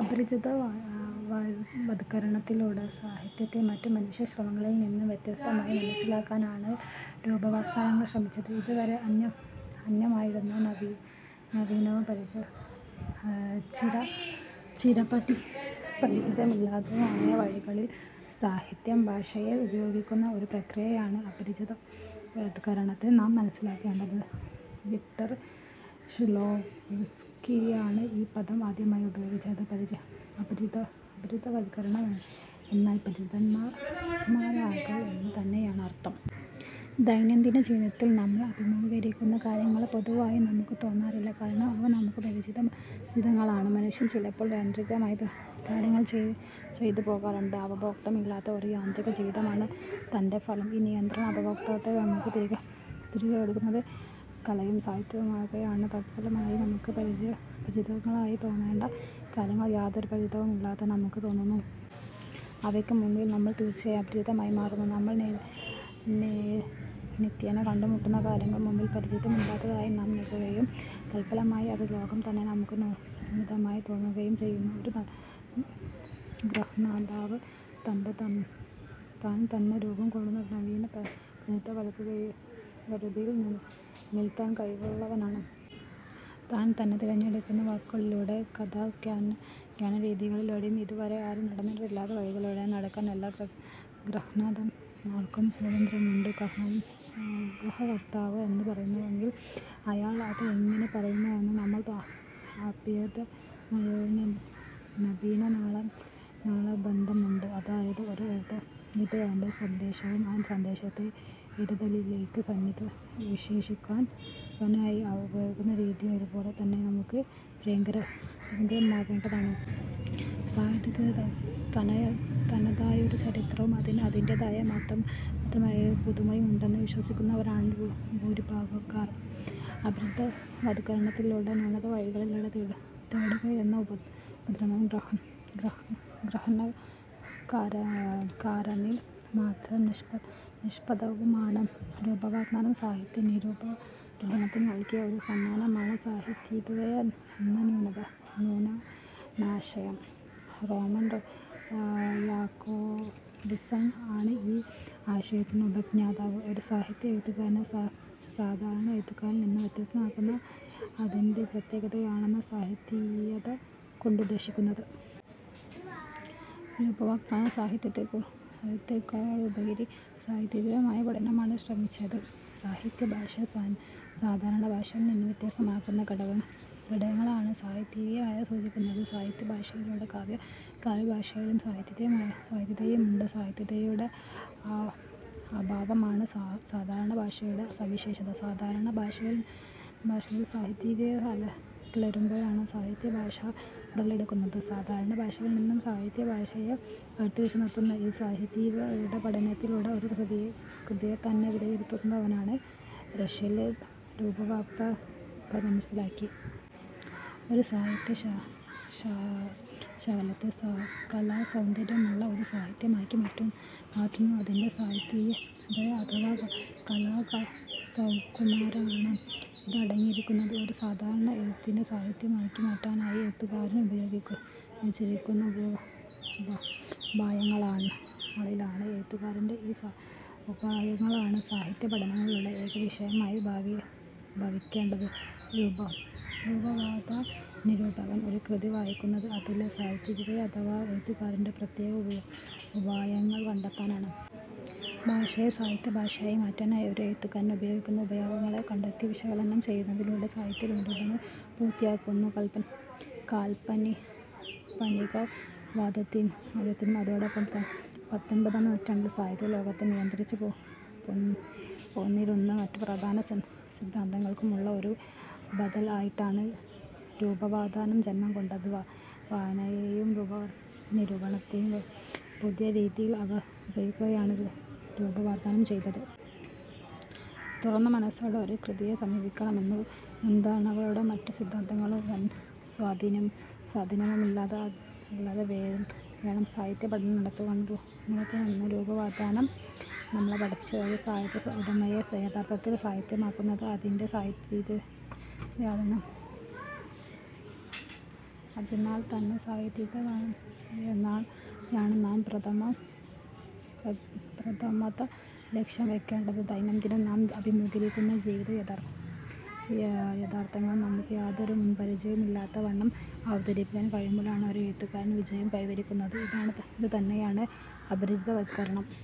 അപരിചിതവത്കരണത്തിലൂടെ സാഹിത്യത്തെ മറ്റു മനുഷ്യ ശ്രമങ്ങളിൽ നിന്നും വ്യത്യസ്തമായി മനസ്സിലാക്കാനാണ് രൂപവാദികൾ ശ്രമിച്ചത്. ഇതുവരെ അന്യമായിരുന്ന നവീനവും ചിരപരിചിതമല്ലാത്തതുമായ വഴികളിൽ സാഹിത്യം ഭാഷയെ ഉപയോഗിക്കുന്ന ഒരു പ്രക്രിയയായാണ് അപരിചിതവത്കരണത്തെ നാം മനസ്സിലാക്കേണ്ടത്. വിക്ടർ ഷ്ലോവ്സ്കിയാണ് ഈ പദം ആദ്യമായി ഉപയോഗിച്ചത്. അപരിചിതവത്കരണം എന്നാൽ അപരിചിതമാക്കൽ എന്ന് തന്നെയാണ് അർത്ഥം. ദൈനംദിന ജീവിതത്തിൽ നമ്മൾ അഭിമുഖീകരിക്കുന്ന കാര്യങ്ങളെ പുതുമയുള്ളതായി നമുക്ക് തോന്നാറില്ല. കാരണം അവ നമുക്ക് ചിരപരിചിതങ്ങളാണ്. മനുഷ്യർ ചിലപ്പോൾ യാന്ത്രികമായി കാര്യങ്ങൾ ചെയ്തുപോകാറുണ്ട്. അവബോധമില്ലാത്ത ഒരു യാന്ത്രിക ജീവിതമാണ് ഇതിൻ്റെ ഫലം. ഈ നിരന്തര അവബോധത്തെ നമുക്ക് തിരികെത്തരുന്നത് കലയും സാഹിത്യവുമൊക്കെയാണ്. തത്ഫലമായി നമുക്ക് ചിരപരിചിതങ്ങളായി തോന്നേണ്ട കാര്യങ്ങൾ യാതൊരു പരിചയവുമില്ലാത്തതായി നമുക്ക് തോന്നുന്നു. അവയ്ക്ക് മുമ്പിൽ നമ്മൾ തീർത്തും അപരിചിതരായി മാറുന്നു. നമ്മൾ നിത്യേന കണ്ടുമുട്ടുന്ന കാര്യങ്ങളുടെ മുമ്പിൽ പരിചയമില്ലാത്തവരായി നാം നില്ക്കുകയും, തത്ഫലമായി ഈ ലോകം തന്നെ നമുക്ക് നൂതനമായി തോന്നുകയും ചെയ്യുന്നു. ഒരു ഗ്രന്ഥകർത്താവ് താൻ തന്നെ രൂപം കൊടുക്കുന്ന നവീന പ്രപഞ്ചത്തെ വരുതിയിൽ നിർത്താൻ കഴിവുള്ളവനാണ്. താൻ തന്നെ തിരഞ്ഞെടുക്കുന്ന വാക്കുകളിലൂടെയും കഥാഖ്യാനരീതിയിലൂടെയും ഇതുവരെയും ആരും നടന്നിട്ടില്ലാത്ത വഴികളിലൂടെ നടക്കാൻ എല്ലാ ഗ്രന്ഥകർത്താക്കൾക്കും സ്വാതന്ത്ര്യമുണ്ട്. ഗ്രന്ഥകർത്താവ് എന്ത് പറയുന്നുവെന്നതും അയാൾ അത് എങ്ങനെ പറയുന്നുവെന്നതും തമ്മിൽ അഭേദ്യമായൊരു നാഭീനാള ബന്ധമുണ്ട്. അതായത്, ഒരു എഴുത്തുകാരൻ്റെ സന്ദേശവും ആ സന്ദേശത്തെ ഇതരരിലേക്ക് സന്നിവേശിപ്പിക്കാനായി അയാൾ ഉപയോഗിക്കുന്ന രീതിയും ഒരുപോലെ തന്നെ നമുക്ക് പ്രിയങ്കരമാവേണ്ടതാണ്. സാഹിത്യത്തിന് തനതായൊരു ചരിത്രവും അതിന് അതിന്റേതു മാത്രമായൊരു പുതുമയുമുണ്ടെന്ന് വിശ്വസിക്കുന്നവരാണ് രൂപവാദക്കാർ. അപരിചിതവത്കരണത്തിനുള്ള നൂതന വഴികൾ തേടുകയെന്ന ഉദ്യമം ഗ്രന്ഥകാരനിൽ മാത്രം നിക്ഷിപ്തവുമാണ്. രൂപവാദം സാഹിത്യ നിരൂപണത്തിന് നൽകിയ ഒരു സമ്മാനമാണ് സാഹിതീയത എന്ന നൂതനാശയം. റോമൻ യാക്കോബ്സൺ ആണ് ഈ ആശയത്തിൻ്റെ ഉപജ്ഞാതാവ്. ഒരു സാഹിത്യ എഴുത്തിനെ സാധാരണ എഴുത്തിൽ നിന്നും വ്യത്യസ്തമാക്കുന്ന അതിൻ്റെ പ്രത്യേകതയെയാണ് സാഹിതീയത കൊണ്ട് ഉദ്ദേശിക്കുന്നത്. രൂപവാദം സാഹിത്യത്തെക്കാളുപരി സാഹിതീയതയെ പഠിക്കാനാണ് ശ്രമിച്ചത്. സാഹിത്യ ഭാഷയെ സാധാരണ ഭാഷയിൽ നിന്നും വ്യത്യസ്തമാക്കുന്ന ഘടകങ്ങളെയാണ് സാഹിതീയത സൂചിപ്പിക്കുന്നത്. സാഹിത്യ ഭാഷയിലും കാവ്യഭാഷയിലും സാഹിതീയത ഉണ്ട്. സാഹിതീയതയുടെ അഭാവമാണ് സാധാരണ ഭാഷയുടെ സവിശേഷത. സാധാരണ ഭാഷയിൽ സാഹിതീയത കലരുമ്പോഴാണ് സാഹിത്യഭാഷ ഉടലെടുക്കുന്നത്. സാധാരണ ഭാഷയിൽ നിന്നും സാഹിത്യഭാഷയെ വേർതിരിച്ചു നിർത്തുന്ന ഈ സാഹിതീയതയുടെ പഠനത്തിലൂടെ ഒരു കൃതിയെത്തന്നെ വിലയിരുത്താനാവുമെന്ന് റഷ്യയിലെ രൂപവാദികൾ മനസ്സിലാക്കി. ഒരു സാഹിത്യ ശകലത്തെ കലാസൗന്ദര്യമുള്ള ഒരു സാഹിത്യമാക്കി മാറ്റുന്നത് അതിൻ്റെ സാഹിതീയത അഥവാ കലാസൗകുമാര്യമാണ്. ഇത് അടങ്ങിയിരിക്കുന്നത് ഒരു സാധാരണ എഴുത്തിനെ സാഹിത്യമാക്കി മാറ്റാനായി എഴുത്തുകാരൻ ഉപയോഗിച്ചിരിക്കുന്ന ഉപായങ്ങളിലാണ്. എഴുത്തുകാരൻ്റെ ഈ ഉപായങ്ങളാണ് സാഹിത്യ പഠനങ്ങളുടെ ഏക വിഷയമായി ഭവിക്കേണ്ടത്. രൂപവാദ നിരൂപകർ ഒരു കൃതി വായിക്കുന്നത് അതിലെ സാഹിതീയത അഥവാ എഴുത്തുകാരൻ്റെ പ്രത്യേക ഉപായങ്ങൾ കണ്ടെത്താനാണ്. ഭാഷയെ സാഹിത്യ ഭാഷയായി മാറ്റാനായി ഒരു എഴുത്തുകാരൻ പ്രയോഗിച്ച ഉപായങ്ങളെ കണ്ടെത്തി വിശകലനം ചെയ്യുന്നതിലൂടെ സാഹിത്യ നിരൂപണം പൂർത്തിയാകുന്നു. കാൽപ്പനികവാദത്തിനും അതോടൊപ്പം പത്തൊൻപതാം നൂറ്റാണ്ടിൽ സാഹിത്യ ലോകത്തെ നിയന്ത്രിച്ചു പോന്നിരുന്ന മറ്റു പ്രധാന സിദ്ധാന്തങ്ങൾക്കും ഉള്ള ഒരു ബദൽ ആയിട്ടാണ് രൂപവാദം ജന്മം കൊണ്ടത്. വായനയെയും നിരൂപണത്തെയും പുതിയ രീതിയിൽ അവതരിപ്പിക്കുകയാണ് രൂപവാദം ചെയ്തത്. തുറന്ന മനസ്സോടെ ഒരു കൃതിയെ സമീപിക്കണമെന്നും മുൻധാരണകളോ മറ്റു സിദ്ധാന്തങ്ങളുടെ സ്വാധീനമോ ഇല്ലാതെ വേണം സാഹിത്യ പഠനം നടത്തുവാനെന്നും രൂപവാദം നമ്മളെ പഠിപ്പിച്ചു. ഒരു സാഹിത്യ ഉദ്യമത്തെ യഥാർത്ഥത്തിൽ സാഹിത്യമാക്കുന്നത് അതിൻ്റെ സാഹിതീയതയാണ്. അതിനാൽത്തന്നെ സാഹിതീയതയെയാണ് നാം പ്രഥമത ലക്ഷ്യം വെയ്ക്കേണ്ടത്. ദൈനംദിനം നാം അഭിമുഖീകരിക്കുന്ന ജീവിത യാഥാർത്ഥ്യങ്ങളെ നമുക്ക് യാതൊരു മുൻപരിചയവും ഇല്ലാത്ത വണ്ണം അവതരിപ്പിക്കാൻ കഴിയുമ്പോഴാണ് ഒരു എഴുത്തുകാരൻ വിജയം കൈവരിക്കുന്നത്. ഇത് തന്നെയാണ് അപരിചിതവത്കരണവും.